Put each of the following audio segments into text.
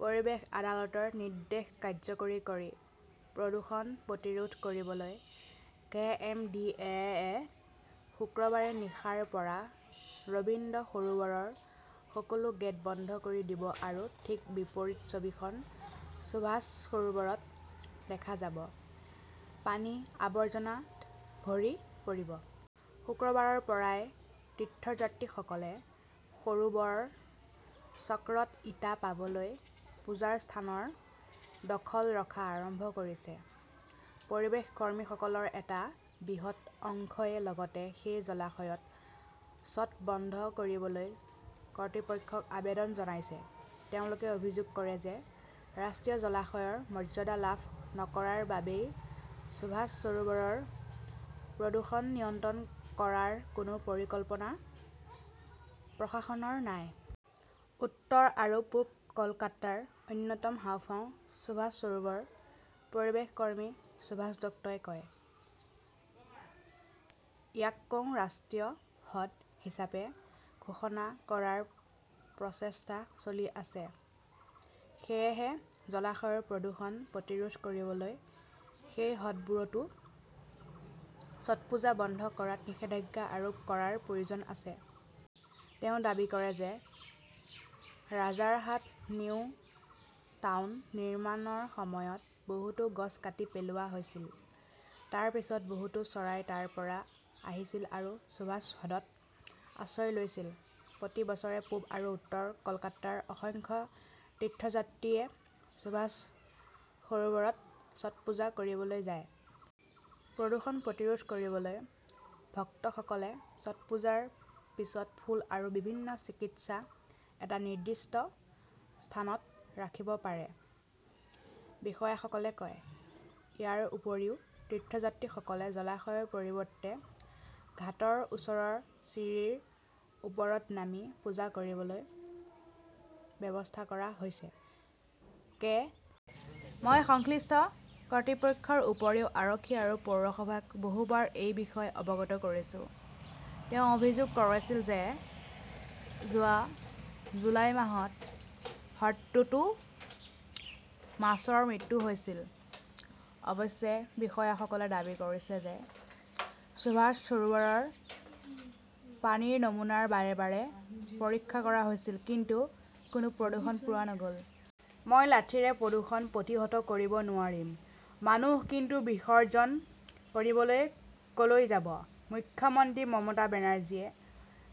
পৰিৱেশ আদালতৰ নিৰ্দেশ কাৰ্যকৰী কৰি প্ৰদূষণ প্ৰতিৰোধ কৰিবলৈ কে. এম. ডি. এ. -য়ে শুকুৰবাৰে নিশাৰ পৰা ৰবীন্দ্ৰ সৰোবৰৰ সকলো গেট বন্ধ কৰি দিব আৰু ঠিক বিপৰীত ছবিখন সুভাষ সৰোবৰত দেখা যাব। পানী আবৰ্জনাত ভৰি পৰিব। শুকুৰবাৰৰ পৰাই তীৰ্থযাত্ৰীসকলে সৰোবৰ চক্ৰত ইটা পাবলৈ পূজাৰ স্থানৰ 'দখল' ৰখা আৰম্ভ কৰিছে। পৰিৱেশ কৰ্মীসকলৰ এটা বৃহৎ অংশই লগতে সেই জলাশয়ত ছট বন্ধ কৰিবলৈ কৰ্তৃপক্ষক আবেদন জনাইছে। তেওঁলোকে অভিযোগ কৰে যে ৰাষ্ট্ৰীয় জলাশয়ৰ মৰ্যাদা লাভ নকৰাৰ বাবেই সুভাষ সৰোবৰৰ প্ৰদূষণ নিয়ন্ত্ৰণ কৰাৰ কোনো পৰিকল্পনা প্ৰশাসনৰ নাই। "উত্তৰ আৰু পূব কলকাতাৰ অন্যতম হাঁওফাঁও সুভাষ সৰোবৰ" পৰিৱেশ কৰ্মী সুভাষ দত্তই কয়। ইয়াকও ৰাষ্ট্ৰীয় হ্ৰদ হিচাপে ঘোষণা কৰাৰ প্ৰচেষ্টা চলি আছে। সেয়েহে জলাশয়ৰ প্ৰদূষণ প্ৰতিৰোধ কৰিবলৈ সেই হ্ৰদবোৰতো ছটপূজা বন্ধ কৰাত নিষেধাজ্ঞা আৰোপ কৰাৰ প্ৰয়োজন আছে। "তেওঁ দাবী কৰে যে ৰাজাৰহাট-নিউ টাউন নিৰ্মাণৰ সময়ত বহুতো গছ কাটি পেলোৱা হৈছিল। তাৰ পিছত বহুতো চৰাই তাৰ পৰা আহিছিল আৰু সুভাষ হ্ৰদত আশ্ৰয় লৈছিল। প্ৰতি বছৰে পূব আৰু উত্তৰ কলকাতাৰ অসংখ্য তীৰ্থযাত্ৰীয়ে সুভাষ সৰোবৰত ছট পূজা কৰিবলৈ যায়। প্ৰদূষণ প্ৰতিৰোধ কৰিবলৈ ভক্তসকলে ছটপুজাৰ পিছত ফুল আৰু বিভিন্ন চিকিৎসা এটা নিৰ্দিষ্ট স্থানত ৰাখিব পাৰে, বিষয়াসকলে কয়। ইয়াৰ উপৰিও, তীৰ্থযাত্ৰীসকলে জলাশয়ৰ পৰিৱৰ্তে ঘাটৰ ওচৰৰ চিৰিৰ ওপৰত নামি পূজা কৰিবলৈ ব্যৱস্থা কৰা হৈছে। কে. মই সংশ্লিষ্ট কৰ্তৃপক্ষৰ উপৰিও আৰক্ষী আৰু পৌৰসভাক বহুবাৰ এই বিষয়ে অৱগত কৰিছো। "তেওঁ অভিযোগ কৰিছিল যে যোৱা জুলাই মাহত হ্ৰদটোতও মাছৰ মৃত্যু হৈছিল। অৱশ্যে, বিষয়াসকলে দাবী কৰিছে যে সুভাষ সৰোবৰৰ পানীৰ নমুনা বাৰে বাৰে পৰীক্ষা কৰা হৈছিল, কিন্তু কোনো প্ৰদূষণ পোৱা নগ "ল। 'মই লাঠিৰে প্ৰদূষণ প্ৰতিহত কৰিব নোৱাৰিম' মানুহ কিন্তু বিসৰ্জন কৰিবলৈ ক'লৈ যাব? মুখ্যমন্ত্ৰী মমতা বেনাৰ্জীয়ে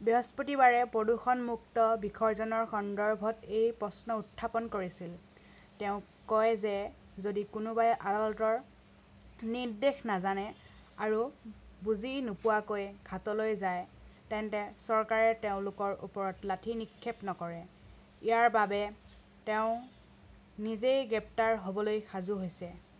বৃহস্পতিবাৰে 'প্ৰদূষণমুক্ত "বিসৰ্জনৰ সন্দৰ্ভত এই প্ৰশ্ন উত্থাপন কৰিছিল। তেওঁ কয় যে যদি কোনোবাই আদালতৰ নিৰ্দেশ নাজানে আৰু বুজি নোপোৱাকৈ ঘাটলৈ যায়, তেন্তে চৰকাৰে তেওঁলোকৰ ওপৰত লাঠি নিক্ষেপ নকৰে। ইয়াৰ বাবে তেওঁ নিজেই গ্ৰেপ্তাৰ হ'বলৈ সাজু হৈছে।